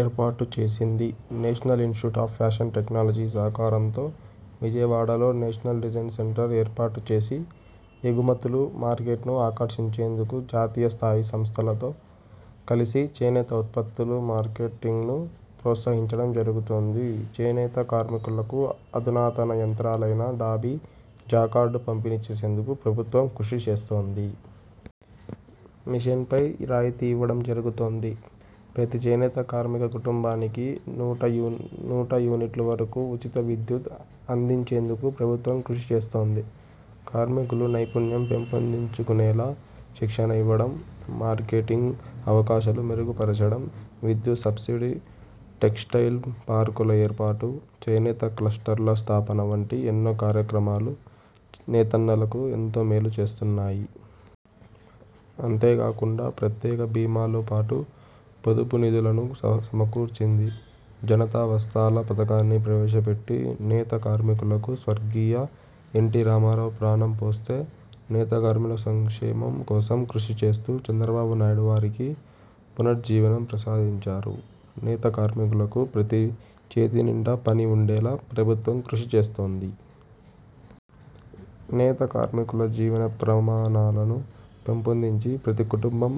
ఏర్పాటు చేసింది. National Institute of Fashion Technology సహకారంతో విజయవాడలో నేషనల్ డిజైన్ సెంటర్ ఏర్పాటు చేసి ఎగుమతులు మార్కెట్ను ఆకర్షించేందుకు జాతీయ స్థాయి సంస్థలతో కలిసి చేనేత ఉత్పత్తులు మార్కెటింగ్ను ప్రోత్సహించడం జరుగుతుంది. చేనేత కార్మికులకు అధునాతన యంత్రాలైన డాబీ, జాకార్డు పంపిణీ చేసేందుకు ప్రభుత్వం కృషిచేస్తోంది. మిషన్పై రాయితీ ఇవ్వడం జరుగుతోంది. ప్రతి చేనేత కార్మిక కుటుంబానికి నూట యూనిట్ల వరకు ఉచిత విద్యుత్ అందించేందుకు ప్రభుత్వం కృషిచేస్తోంది. కార్మికులు నైపుణ్యం పెంపొందించుకునేలా శిక్షణ ఇవ్వడం, మార్కెటింగ్ అవకాశాలు మెరుగుపరచడం, విద్యుత్ సబ్సిడీ, టెక్స్టైల్ పార్కుల ఏర్పాటు, చేనేత క్లస్టర్ల స్థాపన వంటి ఎన్నో కార్యక్రమాలు నేతన్నలకు ఎంతో మేలు చేస్తున్నాయి. అంతేకాకుండా ప్రత్యేక బీమాతో పాటు పొదుపు నిధులను సమకూర్చింది. జనతా వస్త్రాలు పథకాన్ని ప్రవేశపెట్టి నేత కార్మికులకు స్వర్గీయ ఎన్టీ రామారావు ప్రాణం పోస్తే, నేత కార్మికుల సంక్షేమం కోసం కృషి చేస్తూ చంద్రబాబునాయుడు వారికి పునర్జీవనం ప్రసాదించారు. నేత కార్మికులకు ప్రతిరోజు చేతినిండా పని ఉండేలా ప్రభుత్వం కృషి చేస్తోంది. నేత కార్మికుల జీవన ప్రమాణాలను పెంపొందించి ప్రతి కుటుంబం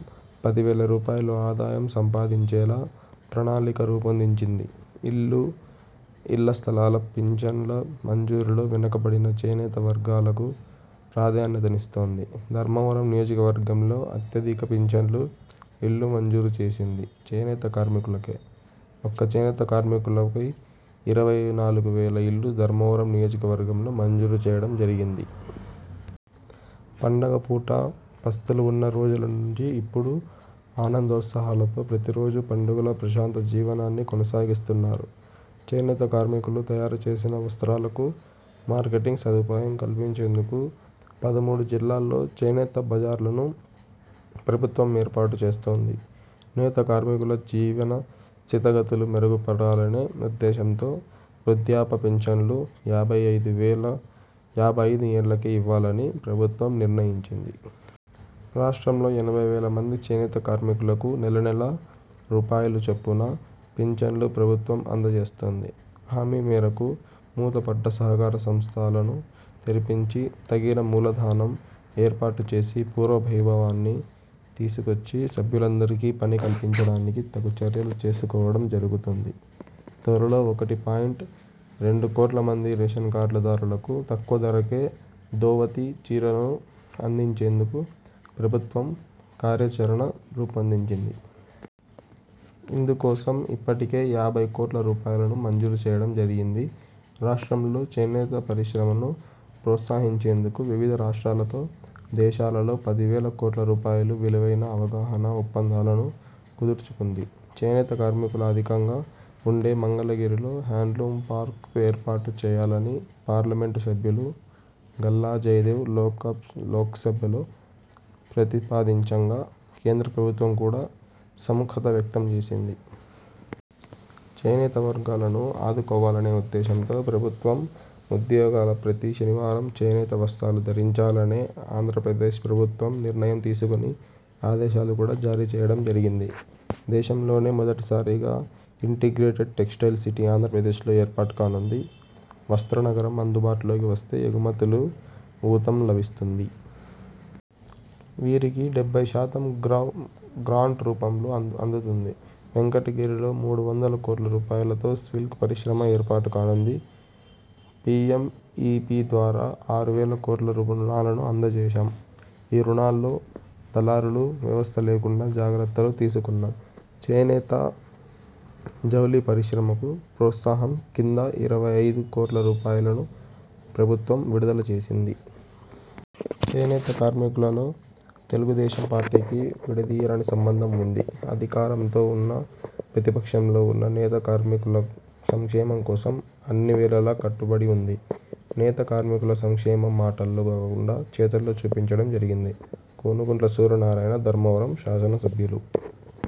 పది వేల రూపాయలు ఆదాయం సంపాదించేలా ప్రణాళిక రూపొందించింది. ఇల్లు, ఇళ్ల స్థలాలు, పింఛన్ల మంజూరులో వెనుకబడిన చేనేత వర్గాలకు ప్రాధాన్యతనిస్తోంది. ధర్మవరం నియోజకవర్గంలో అత్యధిక పింఛన్లు, ఇళ్లు మంజూరు చేసింది చేనేత కార్మికులకే. ఒక్క చేనేత కార్మికులకే ఇరవై నాలుగువేల ఇళ్లు ధర్మవరం నియోజకవర్గంలో మంజూరు చేయడం జరిగింది. పండగపూట పస్తులు ఉన్న రోజుల నుంచి ఇప్పుడు ఆనందోత్సాహాలతో ప్రతిరోజూ పండుగలా ప్రశాంత జీవనాన్ని కొనసాగిస్తున్నారు. చేనేత కార్మికులు తయారుచేసిన వస్త్రాలకు మార్కెటింగ్ సదుపాయం కల్పించేందుకు పదమూడు జిల్లాల్లో చేనేత బజార్లను ప్రభుత్వం ఏర్పాటు చేస్తోంది. నేత కార్మికుల జీవన స్థితిగతులు మెరుగుపడాలనే ఉద్దేశ్యంతో వృద్ధాప్య పింఛన్ను యాభై ఐదు ఏళ్ళకే ఇవ్వాలని ప్రభుత్వం నిర్ణయించింది. రాష్ట్రంలో ఎనభై వేల మంది చేనేత కార్మికులకు నెలనెలా రూపాయలు చొప్పున పింఛన్ను ప్రభుత్వం అందజేస్తుంది. హామీ మేరకు మూతపడ్డ సహకార సంస్థనాలు తెరిపించి తగిన మూలధనం ఏర్పాటు చేసి పూర్వ వైభవాన్ని తీసుకొచ్చి సభ్యులందరికి పని కల్పించడానికి తగు చర్యలు తీసుకోవడం జరుగుతుంది. త్వరలో ఒకటి పాయింట్ రెండు కోట్ల మంది రేషన్కార్డుదారులకు తక్కువ ధరలకు ధోవతి, చీరలను అందించేందుకు ప్రభుత్వం కార్యాచరణ రూపొందించింది. ఇందుకోసం ఇప్పటికే యాభై కోట్ల రూపాయలును మంజూరు చేయడం జరిగింది. రాష్ట్రంలో చేనేత పరిశ్రమను ప్రోత్సహించేందుకు వివిధ రాష్ట్రాలతో, దేశాలతో పది వేల కోట్ల రూపాయలు విలువైన అవగాహనా ఒప్పందాలను కుదుర్చుకుంది. చేనేత కార్మికులు అధికంగా ఉండే మంగళగిరిలో హ్యాండ్లూమ్ పార్క్ ఏర్పాటు చేయాలని పార్లమెంటు సభ్యులు గల్లా జయదేవ్ లోక్సభలో ప్రతిపాదించగా, కేంద్ర ప్రభుత్వం కూడా సుముఖత వ్యక్తం చేసింది. చేనేత వర్గాలను ఆదుకోవాలనే ఉద్దేశంతో ప్రభుత్వ ఉద్యోగులు ప్రతి శనివారం చేనేత వస్త్రాలు ధరించాలని ఆంధ్రప్రదేశ్ ప్రభుత్వం నిర్ణయం తీసుకుని ఆదేశాలు కూడా జారీ చేయడం జరిగింది. దేశంలోనే మొదిసారిగా ఇంటిగ్రేటెడ్ టెక్స్టైల్ సిటీ ఆంధ్రప్రదేశ్లో ఏర్పాటు కానుంది. వస్త్ర నగరం అందుబాటులోకి వస్తే ఎగుమతులకు ఊతం లభిస్తుంది. వీరికి డెబ్బైశాతం గ్రాంట్ రూపంలో అందుతుంది. వెంకటగిరిలో మూడు వందల కోట్ల రూపాయలుతో సిల్క్ పరిశ్రమ ఏర్పాటుకానుంది. పీఎంఈజీపీ ద్వారా ఆరువేల కోట్ల రుణాలను అందజేశాం. ఈ రుణాల్లో దళారుల వ్యవస్థ లేకుండా జాగ్రత్తలు తీసుకున్నాం. చేనేత, జౌళి పరిశ్రమలకు ప్రోత్సాహం కింద ఇరవై ఐదు కోట్ల రూపాయలును ప్రభుత్వం విడుదల చేసింది. చేనేత కార్మికులతో తెలుగుదేశం పార్టీకి విడదీయరాని సంబంధం ఉంది. అధికారంలో ఉన్నా, ప్రతిపక్షంలో ఉన్నా నేత కార్మికుల సంక్షేమం కోసం అన్ని వేళలా కట్టుబడి ఉంది. నేత కార్మికుల సంక్షేమం మాటల్లో కాకుండా చేతల్లో చూపించడం జరిగింది. గోనుగుంట్ల సూర్యనారాయణధర్మవరం శాసనసభ్యులు